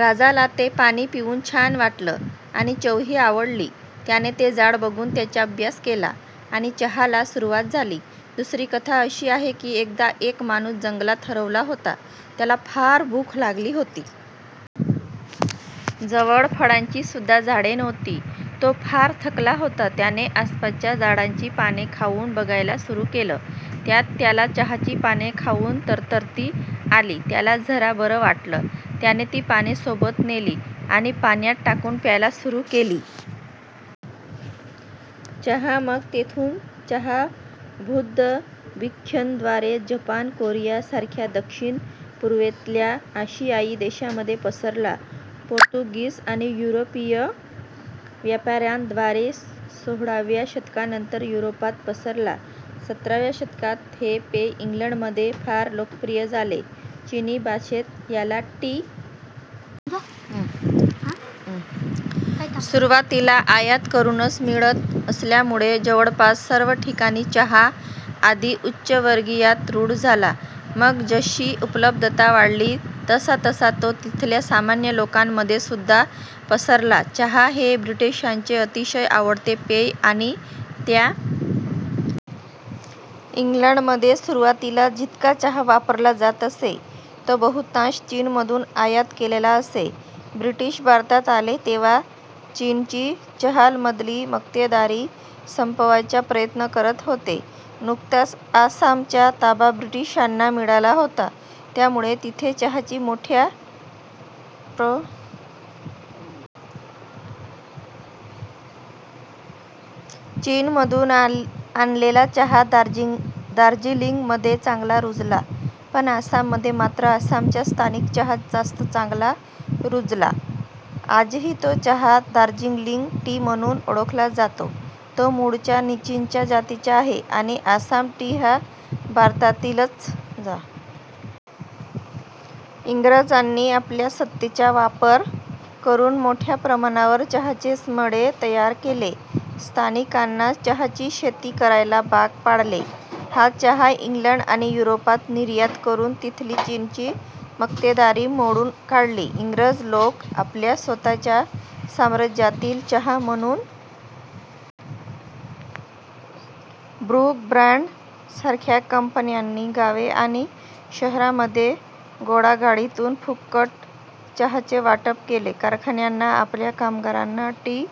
राजाला ते पाणी पिऊन छान वाटलं आणि चवही आवडली. त्याने ते झाड बघून त्याचा अभ्यास केला आणि चहाला सुरुवात झाली. दुसरी कथा अशी आहे कि एकदा एक माणूस जंगलात हरवला होता. त्याला फार भूक लागली होती. जवळ फळांची सुद्धा झाडे नव्हती. तो फार थकला होता. त्याने आसपासच्या झाडांची पाने खाऊन बघायला सुरु केलं. त्यात त्याला चहाची पाने खाऊन तरतरी आली. त्याला जरा बरं वाटलं. त्याने ती पाने सोबत नेली आणि पाण्यात टाकून प्यायला सुरु केली. चहा मग तिथून चहा बुद्ध भिक्खुंद्वारे जपान कोरिया सारख्या दक्षिण पूर्वेतल्या आशियायी देशांमध्ये पसरला. पोर्तुगीज आणि युरोपीय व्यापाऱ्यांद्वारे सोळाव्या शतकानंतर युरोपात पसरला. सतराव्या शतकात हे पेय इंग्लंडमध्ये फार लोकप्रिय झाले. चिनी भाषेत याला टी किंवा चा म्हणतात, त्यावरूनच टी, चाय, चहा अशी इतर भाषेतली नावे आली. सुरुवातीला आयात करूनच मिळत असल्यामुळे जवळपास सर्व ठिकाणी चहा आधी उच्चवर्गीयात रूढ झाला. मग जशी उपलब्धता वाढली तसतसा तो तिथल्या सामान्य लोकांमध्ये सुद्धा पसरला. चहा हे ब्रिटिशांचे अतिशय आवडते पेय आणि ते त्यांना फक्त चीनमधून मिळत असे. इंग्लंडमध्ये सुरुवातीला जितका चहा वापरला जात असे तो बहुतांश चीनमधून आयात केलेला असे. ब्रिटिश भारतात आले तेव्हा चीनची चहामधली मक्तेदारी संपवायचा प्रयत्न करत होते. नुकताच आसामचा ताबा ब्रिटिशांना मिळाला होता त्यामुळे तिथे चहाची मोठ्या प्रमाणावर लागवड करण्याचे त्यांचे बेत होते. चीनमधून आणलेला चहा दार्जिलिंग मध्ये चांगला रुजला पण आसाम मध्ये मात्र आसामचा स्थानिक चहाच जास्त चांगला रुजला. आजही जो चहा दार्जिलिंग टी म्हणून ओळखला जातो तो मूळच्या चीनच्या जातीचा आहे आणि आसाम टी हा भारतातीलच जातीचा आहे. इंग्रजांनी आपल्या सत्तेचा वापर करून मोठ्या प्रमाणावर चहाचे मळे तयार केले. स्थानिकांना चहाची शेती करायला भाग पाडले. हा चहा इंग्लंड आणि युरोपात निर्यात करून तिथली चीनची मक्तेदारी मोडून काढली. इंग्रज लोक आपल्या स्वतःच्या साम्राज्यातील चहा म्हणून आवर्जून भारतातला चहा घ्यायला लागले. ब्रुक बॉण्ड सारख्या कंपन्यांनी गावे आणि शहरांमध्ये घोडागाडीतून फुकट चहाचे वाटप केले. कारखान्यांना आपल्या कामगारांना टी